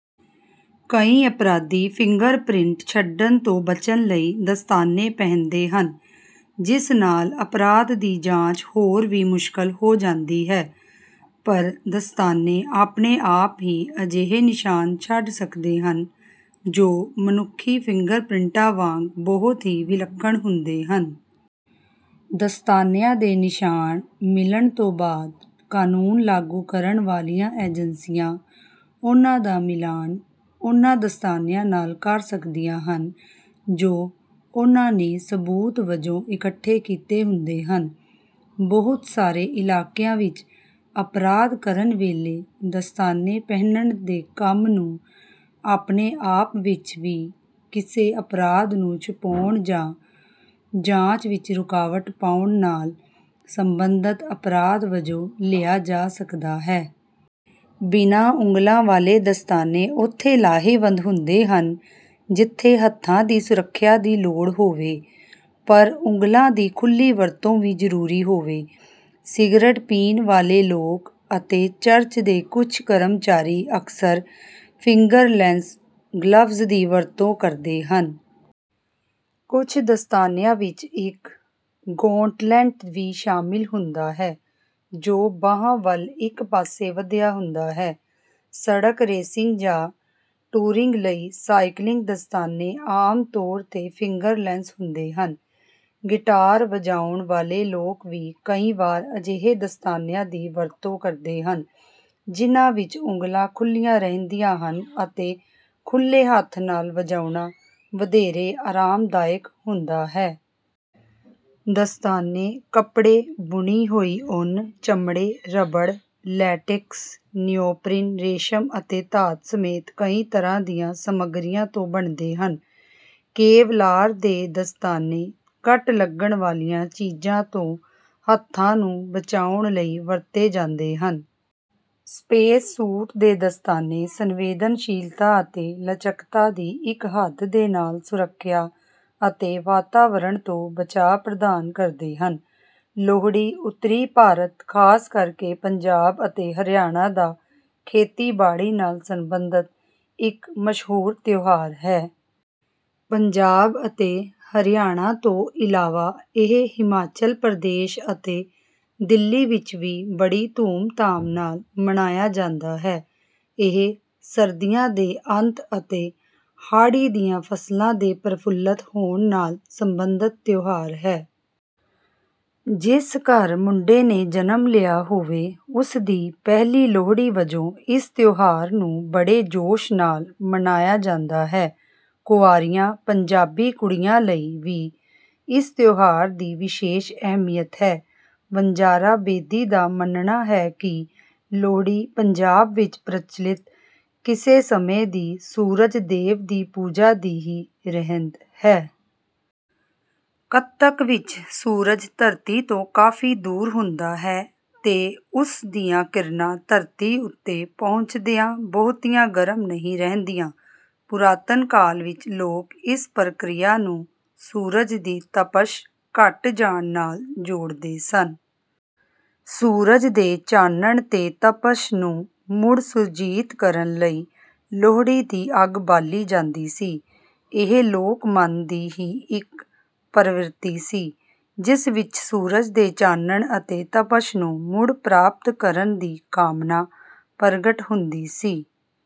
ਕਈ ਅਪਰਾਧੀ ਫਿੰਗਰਪ੍ਰਿੰਟ ਛੱਡਣ ਤੋਂ ਬਚਣ ਲਈ ਦਸਤਾਨੇ ਪਹਿਨਦੇ ਹਨ, ਜਿਸ ਨਾਲ ਅਪਰਾਧ ਦੀ ਜਾਂਚ ਹੋਰ ਵੀ ਮੁਸ਼ਕਲ ਹੋ ਜਾਂਦੀ ਹੈ। ਪਰ ਦਸਤਾਨੇ ਆਪਣੇ ਆਪ ਵੀ ਅਜਿਹੇ ਨਿਸ਼ਾਨ ਛੱਡ ਸਕਦੇ ਹਨ, ਜੋ ਮਨੁੱਖੀ ਫਿੰਗਰਪ੍ਰਿੰਟਾਂ ਵਾਂਗ ਬਹੁਤ ਹੀ ਵਿਲੱਖਣ ਹੁੰਦੇ ਹਨ। ਦਸਤਾਨਿਆਂ ਦੇ ਨਿਸ਼ਾਨ ਮਿਲਣ ਤੋਂ ਬਾਅਦ, ਕਾਨੂੰਨ ਲਾਗੂ ਕਰਨ ਵਾਲੀਆਂ ਏਜੰਸੀਆਂ ਉਨ੍ਹਾਂ ਦਾ ਮਿਲਾਨ ਉਨ੍ਹਾਂ ਦਸਤਾਨਿਆਂ ਨਾਲ ਕਰ ਸਕਦੀਆਂ ਹਨ, ਜੋ ਉਨ੍ਹਾਂ ਨੇ ਸਬੂਤ ਵਜੋਂ ਇਕੱਠੇ ਕੀਤੇ ਹੁੰਦੇ ਹਨ। ਬਹੁਤ ਸਾਰੇ ਇਲਾਕਿਆਂ ਵਿੱਚ ਅਪਰਾਧ ਕਰਨ ਵੇਲੇ ਦਸਤਾਨੇ ਪਹਿਨਣ ਦੇ ਕੰਮ ਨੂੰ ਆਪਣੇ ਆਪ ਵਿੱਚ ਵੀ ਕਿਸੇ ਅਪਰਾਧ ਨੂੰ ਛੁਪਾਉਣ ਜਾਂ ਜਾਂਚ ਵਿੱਚ ਰੁਕਾਵਟ ਪਾਉਣ ਨਾਲ ਸਬੰਧਤ ਅਪਰਾਧ ਵਜੋਂ ਲਿਆ ਜਾ ਸਕਦਾ ਹੈ। ਬਿਨਾਂ ਉਂਗਲਾਂ ਵਾਲੇ ਦਸਤਾਨੇ ਉੱਥੇ ਲਾਹੇਵੰਦ ਹੁੰਦੇ ਹਨ, ਜਿੱਥੇ ਹੱਥਾਂ ਦੀ ਸੁਰੱਖਿਆ ਦੀ ਲੋੜ ਹੋਵੇ, ਪਰ ਉਂਗਲਾਂ ਦੀ ਖੁੱਲ੍ਹੀ ਵਰਤੋਂ ਵੀ ਜ਼ਰੂਰੀ ਹੋਵੇ। ਸਿਗਰਟ ਪੀਣ ਵਾਲੇ ਲੋਕ ਅਤੇ ਚਰਚ ਦੇ ਕੁਝ ਕਰਮਚਾਰੀ ਅਕਸਰ ਫਿੰਗਰਲੈੱਸ ਗਲਵਜ਼ ਦੀ ਵਰਤੋਂ ਕਰਦੇ ਹਨ। ਕੁਝ ਦਸਤਾਨਿਆਂ ਵਿੱਚ ਇੱਕ ਗੌਂਟਲੈੱਟ ਵੀ ਸ਼ਾਮਲ ਹੁੰਦਾ ਹੈ, ਜੋ ਬਾਂਹ ਵੱਲ ਇੱਕ ਪਾਸੇ ਵਧਿਆ ਹੁੰਦਾ ਹੈ। ਸੜਕ-ਰੇਸਿੰਗ ਜਾਂ ਟੂਰਿੰਗ ਲਈ ਸਾਈਕਲਿੰਗ ਦਸਤਾਨੇ ਆਮ ਤੌਰ ’ਤੇ ਫਿੰਗਰਲੈੱਸ ਹੁੰਦੇ ਹਨ। ਗਿਟਾਰ ਵਜਾਉਣ ਵਾਲੇ ਲੋਕ ਵੀ ਕਈ ਵਾਰ ਅਜਿਹੇ ਦਸਤਾਨਿਆਂ ਦੀ ਵਰਤੋਂ ਕਰਦੇ ਹਨ, ਜਿਨ੍ਹਾਂ ਵਿੱਚ ਉਂਗਲਾਂ ਖੁੱਲ੍ਹੀਆਂ ਰਹਿੰਦੀਆਂ ਹਨ ਅਤੇ ਖੁੱਲ੍ਹੇ ਹੱਥ ਨਾਲ ਵਜਾਉਣਾ ਵਧੇਰੇ ਆਰਾਮਦਾਇਕ ਹੁੰਦਾ ਹੈ। ਦਸਤਾਨੇ ਕੱਪੜੇ, ਬੁਣੀ ਹੋਈ ਉੱਨ, ਚਮੜੇ, ਰਬੜ, ਲੈਟੇਕਸ, ਨਿਓਪਰੀਨ, ਰੇਸ਼ਮ ਅਤੇ ਧਾਤ ਸਮੇਤ ਕਈ ਤਰ੍ਹਾਂ ਦੀਆਂ ਸਮੱਗਰੀਆਂ ਤੋਂ ਬਣਦੇ ਹਨ। ਕੇਵਲਾਰ ਦੇ ਦਸਤਾਨੇ ਕੱਟ ਲੱਗਣ ਵਾਲੀਆਂ ਚੀਜ਼ਾਂ ਤੋਂ ਹੱਥਾਂ ਨੂੰ ਬਚਾਉਣ ਲਈ ਵਰਤੇ ਜਾਂਦੇ ਹਨ। ਸਪੇਸ-ਸੂਟ ਦੇ ਦਸਤਾਨੇ ਸੰਵੇਦਨਸ਼ੀਲਤਾ ਅਤੇ ਲਚਕਤਾ ਦੀ ਇੱਕ ਹੱਦ ਦੇ ਨਾਲ ਸੁਰੱਖਿਆ ਅਤੇ ਵਾਤਾਵਰਣ ਤੋਂ ਬਚਾਅ ਪ੍ਰਦਾਨ ਕਰਦੇ ਹਨ। ਲੋਹੜੀ ਉੱਤਰੀ ਭਾਰਤ, ਖ਼ਾਸ ਕਰਕੇ ਪੰਜਾਬ ਅਤੇ ਹਰਿਆਣਾ ਦਾ ਖੇਤੀਬਾੜੀ ਨਾਲ ਸਬੰਧਤ ਇੱਕ ਮਸ਼ਹੂਰ ਤਿਉਹਾਰ ਹੈ। ਪੰਜਾਬ ਅਤੇ ਹਰਿਆਣਾ ਤੋਂ ਇਲਾਵਾ ਇਹ ਹਿਮਾਚਲ ਪ੍ਰਦੇਸ਼ ਅਤੇ ਦਿੱਲੀ ਵਿੱਚ ਵੀ ਬੜੀ ਧੂਮ-ਧਾਮ ਨਾਲ ਮਨਾਇਆ ਜਾਂਦਾ ਹੈ। ਇਹ ਸਰਦੀਆਂ ਦੇ ਅੰਤ ਅਤੇ ਹਾੜ੍ਹੀ ਦੀਆਂ ਫ਼ਸਲਾਂ ਦੇ ਪ੍ਰਫੁੱਲਤ ਹੋਣ ਨਾਲ ਸਬੰਧਤ ਤਿਉਹਾਰ ਹੈ। ਜਿਸ ਘਰ ਮੁੰਡੇ ਨੇ ਜਨਮ ਲਿਆ ਹੋਵੇ, ਉਸ ਦੀ ਪਹਿਲੀ ਲੋਹੜੀ ਵਜੋਂ ਇਸ ਤਿਉਹਾਰ ਨੂੰ ਵੱਡੇ ਜੋਸ਼ ਨਾਲ ਮਨਾਇਆ ਜਾਂਦਾ ਹੈ। ਕੁਆਰੀਆਂ ਪੰਜਾਬੀ ਕੁੜੀਆਂ ਲਈ ਵੀ ਇਸ ਤਿਉਹਾਰ ਦੀ ਵਿਸ਼ੇਸ਼ ਅਹਿਮੀਅਤ ਹੈ। ਵਣਜਾਰਾ ਬੇਦੀ ਦਾ ਮੰਨਣਾ ਹੈ ਕਿ “ਲੋਹੜੀ ਪੰਜਾਬ ਵਿੱਚ ਪ੍ਰਚੱਲਿਤ ਕਿਸੇ ਸਮੇਂ ਦੀ ਸੂਰਜ-ਦੇਵ ਦੀ ਪੂਜਾ ਦੀ ਹੀ ਰਹਿੰਦ ਹੈ। ਕੱਤਕ ਵਿੱਚ ਸੂਰਜ ਧਰਤੀ ਤੋਂ ਕਾਫ਼ੀ ਦੂਰ ਹੁੰਦਾ ਹੈ ਤੇ ਉਸ ਦੀਆਂ ਕਿਰਨਾਂ ਧਰਤੀ ਉੱਤੇ ਪਹੁੰਚਦਿਆਂ ਬਹੁਤੀਆਂ ਗਰਮ ਨਹੀਂ ਰਹਿੰਦੀਆਂ। ਪੁਰਾਤਨ ਕਾਲ ਵਿੱਚ ਲੋਕ ਇਸ ਪ੍ਰਕਿਰਿਆ ਨੂੰ ਸੂਰਜ ਦੀ ਤਪਸ਼ ਘਟ ਜਾਣ ਨਾਲ ਜੋੜਦੇ ਸਨ। ਸੂਰਜ ਦੇ ਚਾਨਣ ਤੇ ਤਪਸ਼ ਨੂੰ ਮੁੜ ਸੁਰਜੀਤ ਕਰਨ ਲਈ ਲੋਹੜੀ ਦੀ ਅੱਗ ਬਾਲੀ ਜਾਂਦੀ ਸੀ। ਇਹ ਲੋਕ-ਮਨ ਦੀ ਹੀ ਇੱਕ ਪ੍ਰਵਿਰਤੀ ਸੀ, ਜਿਸ ਵਿੱਚ ਸੂਰਜ ਦੇ ਚਾਨਣ ਅਤੇ ਤਪਸ਼ ਨੂੰ ਮੁੜ ਪ੍ਰਾਪਤ ਕਰਨ ਦੀ ਕਾਮਨਾ ਪ੍ਰਗਟ ਹੁੰਦੀ ਸੀ।”